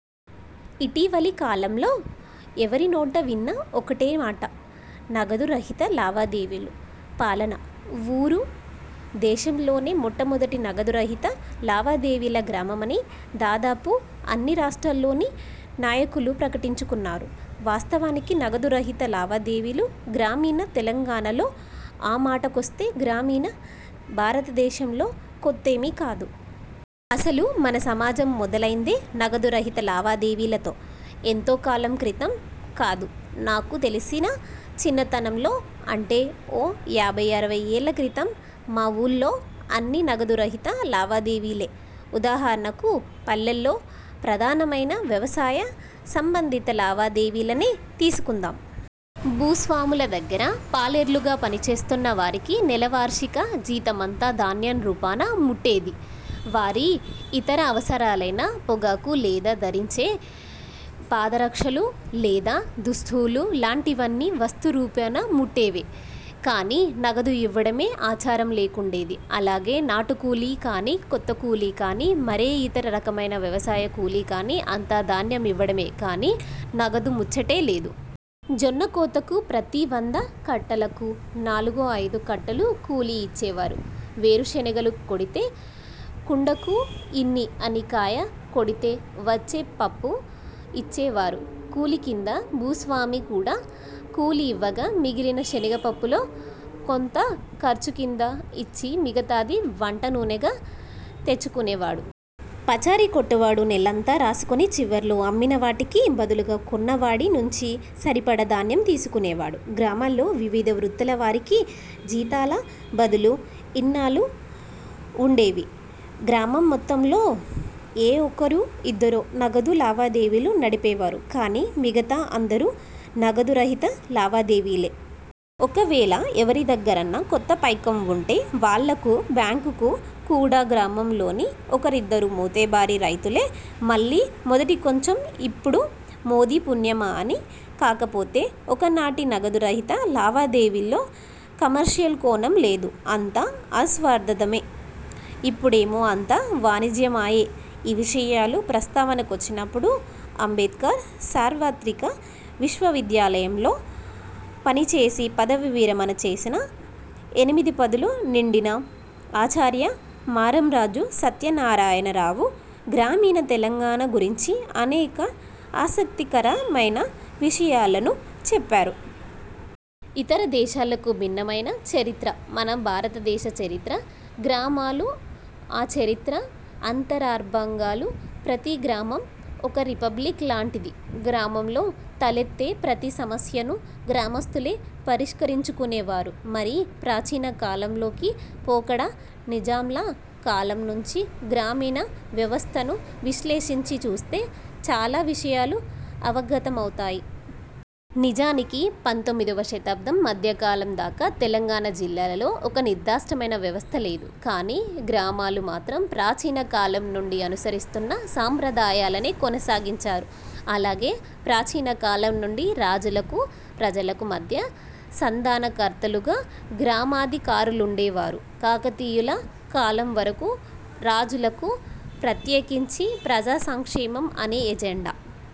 ఇటీవలి కాలంలో ఎవరి నోట విన్నా ఒకటే మాట''నగదు రహిత లావాదేవీలు''. పా లానా వూరు దేశంలోనే మొట్టమొదటి నగదు రహిత లావాదేవీల గ్రామమని దాదాపు అన్ని రాష్ట్రాలలోని నాయకులు ప్రకటించుకున్నారు. వాస్తవానికి నగదు రహిత లావాదేవీలు గ్రామీణ తెలంగాణాలో, ఆ మాటకొస్తే, గ్రామీణ భారతదేశంలో కొత్తేమీ కాదు. అసలు మన సమాజం మొదలైందే నగదు రహిత లావాదేవీలతో. ఎంతో కాలం క్రితం కాదు నాకు తెలిసి నా చిన్నతనంలో, అంటే ఓ యాభై అరవై ఏళ్ల క్రితం మా వూళ్లో అన్నీ నగదు రహిత లావాదేవీలే. ఉదాహరణకు పల్లెల్లో ప్రధానమైన వ్యవసాయ సంబంధిత లావాదేవీలనే తీసుకుందాం. భూస్వాముల దగ్గర పాలేరులుగా పనిచేస్తున్న వారికి నెల-వార్షిక జీతమంతా ధాన్యం రూపా ణా ముట్టేది. వారి ఇతర అవసరాలైన పొగాకు, లేదా ధరించే పాద రక్షలు, లేదా దుస్తులు లాంటివన్నీ వస్తు రూపేణా ముట్టేవే కానీ నగదు ఇవ్వడమే ఆచారం లేకుండేది. అలాగే నాటు కూలీ కాని, కొత కూలీ కాని, మరే ఇతర రకమైన వ్యవసాయ కూలీ కాని అంతా ధాన్యం ఇవ్వడమే కానీ నగదు ముచ్చటే లేదు. జొన్న కోతలకు ప్రతి వంద కట్టలకు నాలుగో- ఐదో కట్టలు కూలీ ఇచ్చేవారు. వేరు శనగలు కొడితే కుండకు ఇన్ని అని కాయ కొడితే వచ్చే పప్పు ఇచ్చే వారు కూలీ కింద. భూస్వామి కూడా కూలీ ఇవ్వగా మిగిలిన శనగ పప్పులో కొంత ఖర్చు కింద ఇచ్చి మిగతాది వంట నూనెగా తెచ్చుకునేవాడు. పచారి కొట్టువాడు నెలంతా రాసుకుని చివర్లో అమ్మిన వాటికి బదులుగా కొన్న వాడి నుంచి సరిపడా ధాన్యం తీసుకునేవాడు. గ్రామాల్లో వివిధ వృత్తుల వారికి జీతాల బదులు ఇన్నాలు లు వుండేవి. గ్రామం మొత్తంలో ఏ ఒకరో ఇద్దరో నగదు లావాదేవీలు నడిపేవారు కానీ మిగతా అందరూ నగదు రహిత లావాదేవీలే. ఒకవేళ ఎవరి దగ్గరన్నా కొత్త పైకం వుంటే వాళ్లకు బ్యాంకు కు కూడా గ్రామంలోని ఒకరిద్దరు మోతుబరి రైతులే. మళ్లీ మొదటికొంచం ఇప్పుడు మోదీ పుణ్యమా అని. కాకపోతే ఒకనాటి నగదు రహిత లావాదేవీల్లో ''కమర్షియల్'' కోణం లేదు అంతా అస్వర్థతమే! ఇప్పుడేమో అంతా వాణిజ్యమాయే! ఈ విషయాలు ప్రస్తావనకొచ్చినప్పుడు, అంబేడ్కర్ సార్వత్రిక విశ్వవిద్యాలయంలో పనిచేసి పదవీ విరమణ చేసిన ఎనిమిది పదులు నిండిన ఆచార్య మారంరాజు సత్యనారాయణ రావు గ్రామీణ తెలంగాణ గురించి అనేక ఆసక్తికరమైన విషయాలను చెప్పారు. ఇతర దేశాలకు భిన్నమైన చరిత్ర మన భారతదేశ చరిత్ర. గ్రామాలు ఆ చరిత్ర అంతరార్భమంగాలు. ప్రతీ గ్రామం ఒక ''రిపబ్లిక్'' లాంటిది. గ్రామంలో తలెత్తే ప్రతి సమస్యనూ గ్రామస్తులే పరిష్కరించుకునేవారు. మరీ ప్రాచీన కాలంలోకి పోకడా నిజాంల కాలం నుంచి గ్రామీణ వ్యవస్థను విశ్లేషించి చూస్తే చాలా విషయాలు అవగతమౌతాయి. నిజానికి పంతొమ్మిదివ శతాబ్దం మధ్యకాలం దాకా తెలంగాణ జిల్లాలలో ఒక నిర్దుష్టమైన వ్యవస్థ లేదు కాని, గ్రామాలు మాత్రం ప్రాచీన కాలం నుండి అనుసరిస్తున్న సాంప్రదాయాలనే కొనసాగించారు. అలాగే ప్రాచీన కాలం నుండి రాజులకు, ప్రజలకు మధ్య సంధానకర్తలుగా గ్రామాధికారులుండేవారు. కాకతీయుల కాలం వరకూ రాజులకు ప్రత్యేకించి ప్రజాసంక్షేమం అనే ఎజెండా